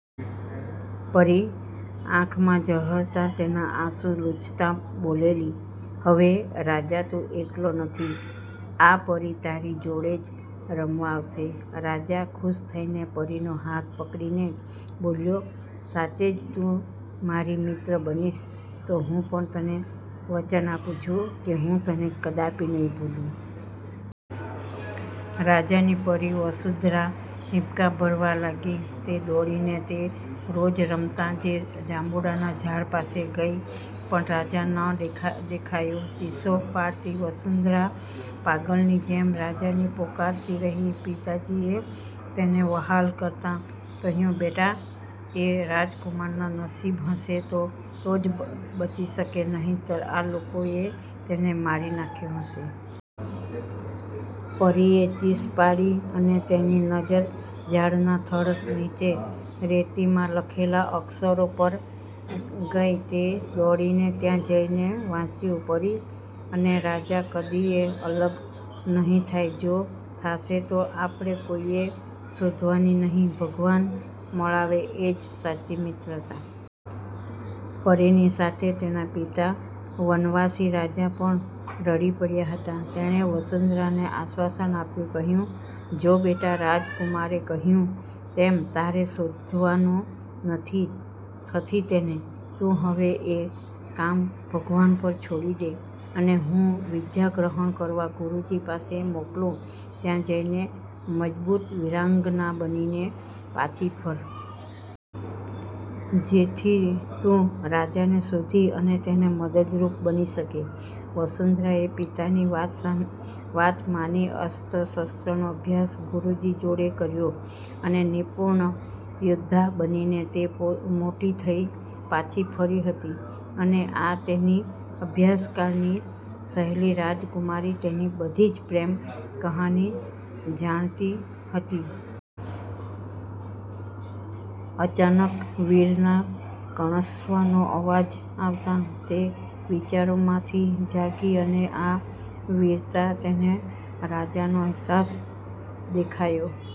પરી આંખમાં ઝળહળતાં તેનાં આંસું લૂછતાં બોલેલી," હવે રાજા તું એકલો નથી, આ પરી તારી જોડે જ રમવા આવશે." રાજા ખુશ થઈને પરીનો હાથ પકડીને બોલ્યો,"સાચે જ તું મારી મિત્ર બનીશ? તો હું પણ તને વચન આપું છું કે હું તને કદાપિ નહીં ભૂલું." રાજાની પરી વસુંધરા હીબકાં ભરવા લાગી. તે દોડીને તે રોજ રમતાં તે જાંબુડાના ઝાડ પાસે ગઈ પણ રાજા ન દેખા દેખાયો. ચીસો પાડતી વસુંધરા પાગલની જેમ રાજાને પોકારતી રહી. પિતાજીએ તેને વહાલ કરતાં કહ્યું,"બેટા એ રાજકુમારના નશીબ હશે તો તો જ બચી શકે નહીતર આ લોકોએ તેને મારી નાખ્યો હશે." પરીએ ચીસ પાડી અને તેની નજ઼ર ઝાડનાં થડ નીચે રેતીમાં લખેલા અક્ષરો પર ગઈ તે દોડીને ત્યાં જઈને વાંચ્યું,"પરી અને રાજા કદીયે અલગ નહીં થાય. જો થાશે તો આપડ઼ે કોઈએ શોધવાની નહીં, ભગવાન મળાવે એ જ સાચી મિત્રતા." પરીની સાથે તેનાં પિતા વનવાસી રાજા પણ રડી પડ્યાં હતાં. તેણે વસુંધરાને આશ્વાસન આપુ કહ્યું,"જો બેટા રાજકુમારે કહ્યું તેમ તારે શોધવાનો નથી નથી તેને. તું હવે એ કામ ભગવાન પર છોડી દે, અને હું વિદ્યા ગ્રહણ કરવા ગુરુજી પાસે મોકલું ત્યાં જઈને મજબૂત વીરાંગના બનીને પાછી ફર. જેથી તું રાજાને શોધી અને તેને મદદરૂપ બની શકે." વસુંધરાએ પિતાની વાત સાંભ વાત માની અસ્ત્ર શસ્ત્રનો અભ્યાસ ગુરુજી જોડે કર્યોં, અને નિપુર્ણ યૌદ્ધા બનીને તે મોટી થઈ પાછી ફરી હતી, અને આ તેની અભ્યાસકાળની સહેલી રાજકુમારી તેની બધી જ પ્રેમ કહાની જાણતી હતી. અચાનક વીરનાં કણસવાનો અવાજ આવતાં તે વિચારોમાંથી જાગી અને આ વીરતા તેને રાજાનો અહેસાસ દેખાયો.